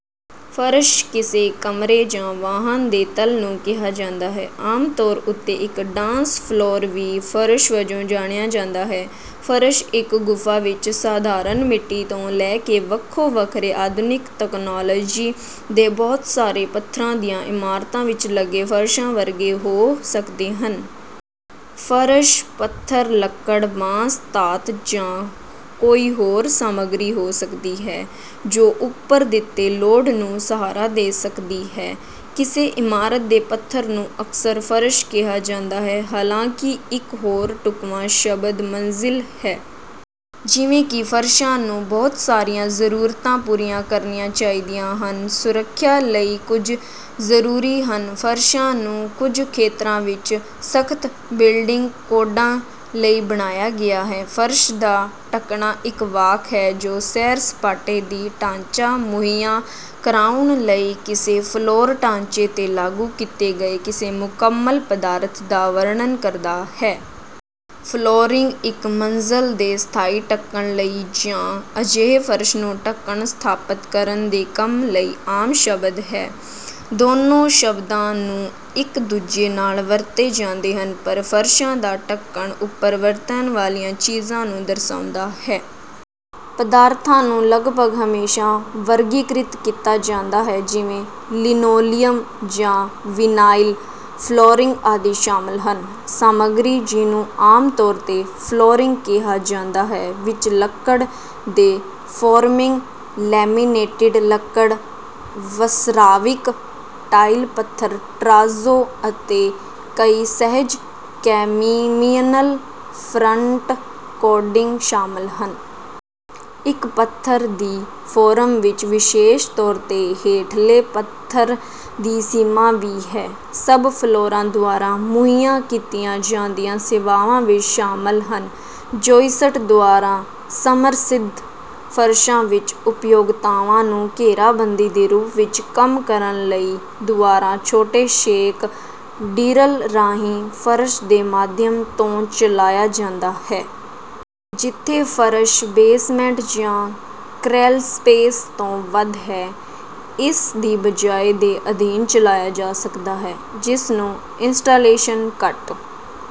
ਫ਼ਰਸ਼ ਕਿਸੇ ਕਮਰੇ ਜਾਂ ਵਾਹਨ ਦੇ ਤਲ ਨੂੰ ਕਿਹਾ ਜਾਂਦਾ ਹੈ। ਆਮ ਤੌਰ ਉੱਤੇ ਇੱਕ ਡਾਂਸ ਫਲੋਰ ਵੀ ਫ਼ਰਸ਼ ਵਜੋਂ ਜਾਣਿਆ ਜਾਂਦਾ ਹੈ। ਫ਼ਰਸ਼ ਇੱਕ ਗੁਫਾ ਵਿੱਚ ਸਾਧਾਰਨ ਮਿੱਟੀ ਤੋਂ ਲੈ ਕੇ ਵੱਖੋ ਵੱਖਰੇ ਆਧੁਨਿਕ ਤਕਨਾਲੋਜੀ ਦੇ ਬਹੁਤ ਸਾਰੇ ਪੱਥਰਾਂ ਦੀਆਂ ਇਮਾਰਤਾਂ ਵਿੱਚ ਲੱਗੇ ਫ਼ਰਸ਼ਾਂ ਵਰਗੇ ਹੋ ਸਕਦੇ ਹਨ। ਫ਼ਰਸ਼ ਪੱਥਰ ਲੱਕੜ ਬਾਂਸ ਧਾਤ ਜਾਂ ਕੋਈ ਹੋਰ ਸਾਮੱਗਰੀ ਹੋ ਸਕਦੀ ਹੈ ਜੋ ਉੱਪਰ ਦਿੱਤੇ ਲੋਡ ਨੂੰ ਸਹਾਰਾ ਦੇ ਸਕਦੀ ਹੈ। ਕਿਸੇ ਇਮਾਰਤ ਦੇ ਪੱਥਰ ਨੂੰ ਅਕਸਰ ਫ਼ਰਸ਼ ਕਿਹਾ ਜਾਂਦਾ ਹੈ ਹਾਲਾਂਕਿ ਇੱਕ ਹੋਰ ਢੁੱਕਵਾਂ ਸ਼ਬਦ ਮੰਜ਼ਿਲ ਹੈ। ਜਿਵੇਂ ਕਿ ਫ਼ਰਸ਼ਾਂ ਨੂੰ ਬਹੁਤ ਸਾਰੀਆਂ ਜ਼ਰੂਰਤਾਂ ਪੂਰੀਆਂ ਕਰਨੀਆਂ ਚਾਹੀਦੀਆਂ ਹਨ ਸੁਰੱਖਿਆ ਲਈ ਕੁਝ ਜਰੂਰੀ ਹਨ ਫ਼ਰਸ਼ਾਂ ਨੂੰ ਕੁਝ ਖੇਤਰਾਂ ਵਿੱਚ ਸਖ਼ਤ ਬਿਲਡਿੰਗ ਕੋਡਾਂ ਲਈ ਬਣਾਇਆ ਗਿਆ ਹੈ। ਫ਼ਰਸ਼ ਦਾ ਢੱਕਣਾ ਇੱਕ ਵਾਕ ਹੈ ਜੋ ਸੈਰ ਸਪਾਟੇ ਦੀ ਢਾਂਚਾ ਮੁਹੱਈਆ ਕਰਾਉਣ ਲਈ ਕਿਸੇ ਫਲੋਰ ਢਾਂਚੇ ਤੇ ਲਾਗੂ ਕੀਤੇ ਗਏ ਕਿਸੇ ਮੁਕੰਮਲ ਪਦਾਰਥ ਦਾ ਵਰਣਨ ਕਰਦਾ ਹੈ। ਫਲੋਰਿੰਗ ਇੱਕ ਮੰਜ਼ਲ ਦੇ ਸਥਾਈ ਢੱਕਣ ਲਈ ਜਾਂ ਅਜਿਹੇ ਫ਼ਰਸ਼ ਨੂੰ ਢੱਕਣ ਸਥਾਪਤ ਕਰਨ ਦੇ ਕੰਮ ਲਈ ਆਮ ਸ਼ਬਦ ਹੈ। ਦੋਨੋ ਸ਼ਬਦਾਂ ਨੂੰ ਇੱਕ ਦੂਜੇ ਨਾਲ ਵਰਤੇ ਜਾਂਦੇ ਹਨ ਪਰ ਫ਼ਰਸ਼ਾਂ ਦਾ ਢੱਕਣ ਉੱਪਰ ਵਰਤਣ ਵਾਲੀਆਂ ਚੀਜ਼ਾਂ ਨੂੰ ਦਰਸਾਉਂਦਾ ਹੈ। ਪਦਾਰਥਾਂ ਨੂੰ ਲਗਭਗ ਹਮੇਸ਼ਾ ਵਰਗੀਕ੍ਰਿਤ ਕੀਤਾ ਜਾਂਦਾ ਹੈ ਜਿਵੇਂ ਲਿਨੋਲੀਅਮ ਜਾਂ ਵਿਨਾਇਲ ਫਲੋਰਿੰਗ ਆਦਿ ਸ਼ਾਮਲ ਹਨ। ਸਾਮੱਗਰੀ ਜਿਸਨੂੰ ਆਮ ਤੌਰ ਤੇ ਫਲੋਰਿੰਗ ਕਿਹਾ ਜਾਂਦਾ ਹੈ ਵਿੱਚ ਲੱਕੜ ਦੇ ਫੋਰਮਿੰਗ ਲੈਮੀਨੇਟਿਡ ਲੱਕੜ ਵਸਰਾਵਿਕ ਟਾਇਲ ਪੱਥਰ ਟਰਾਜ਼ੋ ਅਤੇ ਕਈ ਸਹਿਜ ਕੈਮੀਮਿਨਲ ਫਰੰਟ ਕੋਟਿੰਗ ਸ਼ਾਮਲ ਹਨ। ਇੱਕ ਪੱਥਰ ਦੀ ਫੋਰਮ ਵਿੱਚ ਵਿਸ਼ੇਸ਼ ਤੌਰ ਤੇ ਹੇਠਲੇ ਪੱਦਰ ਦੀ ਸੀਮਾ ਵੀ ਹੈ। ਸਬ ਫਲੋਰਾਂ ਦੁਆਰਾ ਮੁਹੱਈਆ ਕੀਤੀਆਂ ਜਾਂਦੀਆਂ ਸੇਵਾਵਾਂ ਵਿੱਚ ਸ਼ਾਮਲ ਹਨ ਜੌਈਸਟ ਦੁਆਰਾ ਸਮਰਥਿਤ ਫ਼ਰਸ਼ਾਂ ਵਿੱਚ ਉਪਯੋਗਤਾਵਾਂ ਨੂੰ ਘੇਰਾਬੰਦੀ ਦੇ ਰੂਪ ਵਿੱਚ ਕੰਮ ਕਰਨ ਲਈ ਦੁਆਰਾ ਛੋਟੇ ਛੇਕ ਡਿਰਲ ਰਾਹੀਂ ਫ਼ਰਸ਼ ਦੇ ਮਾਧਿਅਮ ਤੋਂ ਚਲਾਇਆ ਜਾਂਦਾ ਹੈ। ਜਿੱਥੇ ਫ਼ਰਸ਼ ਬੇਸਮੈਂਟ ਜਾਂ ਕ੍ਰੈੱਲਸਪੇਸ ਤੋਂ ਵੱਧ ਹੈ ਇਸ ਦੀ ਬਜਾਏ ਦੇ ਅਧੀਨ ਚਲਾਇਆ ਜਾ ਸਕਦਾ ਹੈ ਜਿਸ ਨਾਲ ਇੰਸਟਾਲੇਸ਼ਨ ਘੱਟ